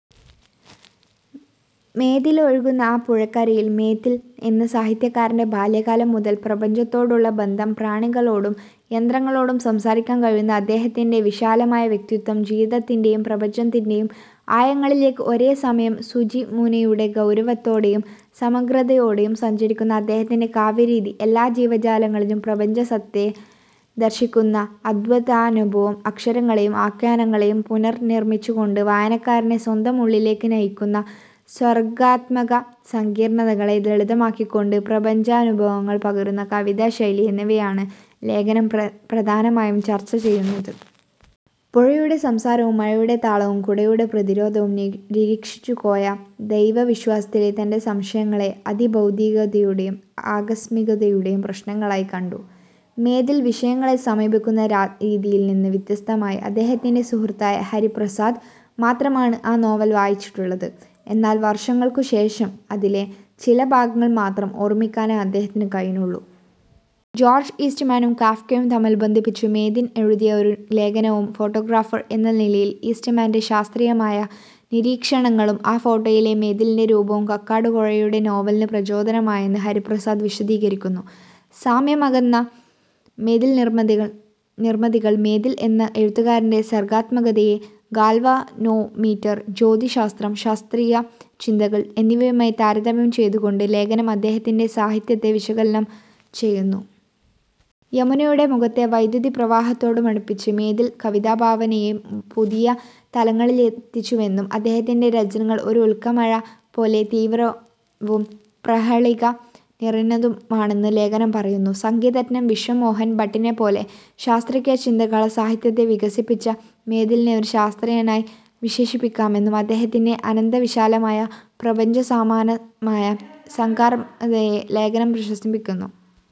മേതിലൊഴുകുന്ന ഒരു പുഴക്കരയിൽ... മേതിൽ എന്ന സാഹിത്യകാരന്റെ ബാല്യകാലം മുതൽ പ്രപഞ്ചത്തോടുള്ള ബന്ധം, പ്രാണികളോടും യന്ത്രങ്ങളോടും സംസാരിക്കാൻ കഴിയുന്ന അദ്ദേഹത്തിൻ്റെ വിശാലമായ വ്യക്തിത്വം, ജീവിതത്തിൻ്റെയും പ്രപഞ്ചത്തിൻ്റെയും ആഴങ്ങളിലേക്ക് ഒരേ സമയം സൂചിമുനയുടെ ഗൗരവത്തോടെയും സമഗ്രതയോടെയും സഞ്ചരിക്കുന്ന അദ്ദേഹത്തിൻ്റെ കാവ്യ രീതി, എല്ലാ ജീവജാലങ്ങളിലും പ്രപഞ്ചസത്തയെ ദർശിക്കുന്ന അദ്വൈതാനുഭവം, അക്ഷരങ്ങളെയും ആഖ്യാനങ്ങളെയും പുനർനിർമ്മിച്ചുകൊണ്ട് വായനക്കാരനെ സ്വന്തം ഉള്ളിലേക്ക് നയിക്കുന്ന സർഗ്ഗാത്മകത, സങ്കീർണ്ണതകളെ ലളിതമാക്കിക്കൊണ്ട് പ്രപഞ്ചാനുഭവങ്ങൾ പകരുന്ന കവിതാ ശൈലി എന്നിവയാണ് ലേഖനം പ്രധാനമായും ചർച്ച ചെയ്യുന്നത്. പുഴയുടെ സംസാരവും മഴയുടെ താളവും കുടയുടെ പ്രതിരോധവും നിരീക്ഷിച്ച കോയ, ദൈവവിശ്വാസത്തിലെ തന്റെ സംശയങ്ങളെ അതിഭൗതികതയുടെയും ആകസ്മികതയുടെയും പ്രശ്നങ്ങളായി കണ്ടു, മേതിൽ വിഷയങ്ങളെ സമീപിക്കുന്ന രീതിയിൽ നിന്ന് വ്യത്യസ്തമായി. അദ്ദേഹത്തിന്റെ സുഹൃത്തായ ഹരിപ്രസാദ് മാത്രമാണ് ആ നോവൽ വായിച്ചിട്ടുള്ളത്, എന്നാൽ വർഷങ്ങൾക്കുശേഷം അതിലെ ചില ഭാഗങ്ങൾ മാത്രം ഓർമ്മിക്കാനേ അദ്ദേഹത്തിന് കഴിഞ്ഞുള്ളൂ. ജോർജ് ഈസ്റ്റ്മാനും കാഫ്കയും തമ്മിൽ ബന്ധിപ്പിച്ച് മേതിൽ എഴുതിയ ഒരു ലേഖനവും, ഫൊട്ടോഗ്രാഫർ എന്ന നിലയിൽ ഈസ്റ്റ്മാന്റെ ശാസ്ത്രീയമായ നിരീക്ഷണങ്ങളും, ഒരു ഫോട്ടോയിലെ മേതിലിന്റെ രൂപവും കക്കാടുകോയയുടെ നോവലിന് പ്രചോദനമായെന്ന് ഹരിപ്രസാദ് വിശദീകരിക്കുന്നു. സാമ്യമകന്ന മേതിൽനിർമിതികൾ മേതിൽ എന്ന എഴുത്തുകാരന്റെ സർഗ്ഗാത്മകതയെ ഗാൽവനോമീറ്റർ, ജ്യോതിശാസ്ത്രം, ശാസ്ത്രീയ ചിന്തകൾ എന്നിവയുമായി താരതമ്യം ചെയ്തുകൊണ്ട് ലേഖനം അദ്ദേഹത്തിന്റെ സാഹിത്യത്തെ വിശകലനം ചെയ്യുന്നു. യമുനയുടെ മുഖത്തെ വൈദ്യുതിപ്രവാഹത്തോടുപമിച്ച് മേതിൽ കവിതാഭാവനയെ പുതിയ തലങ്ങളിലെത്തിച്ചുവെന്നും, അദ്ദേഹത്തിന്റെ രചനകൾ ഒരു ഉൽക്കമഴ പോലെ തീവ്രവും, പ്രഹേളിക നിറഞ്ഞതുമാണെന്നും ലേഖനം പറയുന്നു. സംഗീതജ്ഞൻ വിശ്വമോഹൻ ഭട്ടിനെപ്പോലെ ശാസ്ത്രീയ ചിന്തകളാൽ സാഹിത്യത്തെ വികസിപ്പിച്ച മേതിലിനെ ഒരു ശാസ്ത്രജ്ഞനായി വിശേഷിപ്പിക്കാമെന്നും, അദ്ദേഹത്തിന്റെ അനന്തവിശാലമായ പ്രപഞ്ചസമാനമായ സർഗ്ഗാത്മകതയെ ലേഖനം പ്രശംസിക്കുന്നു.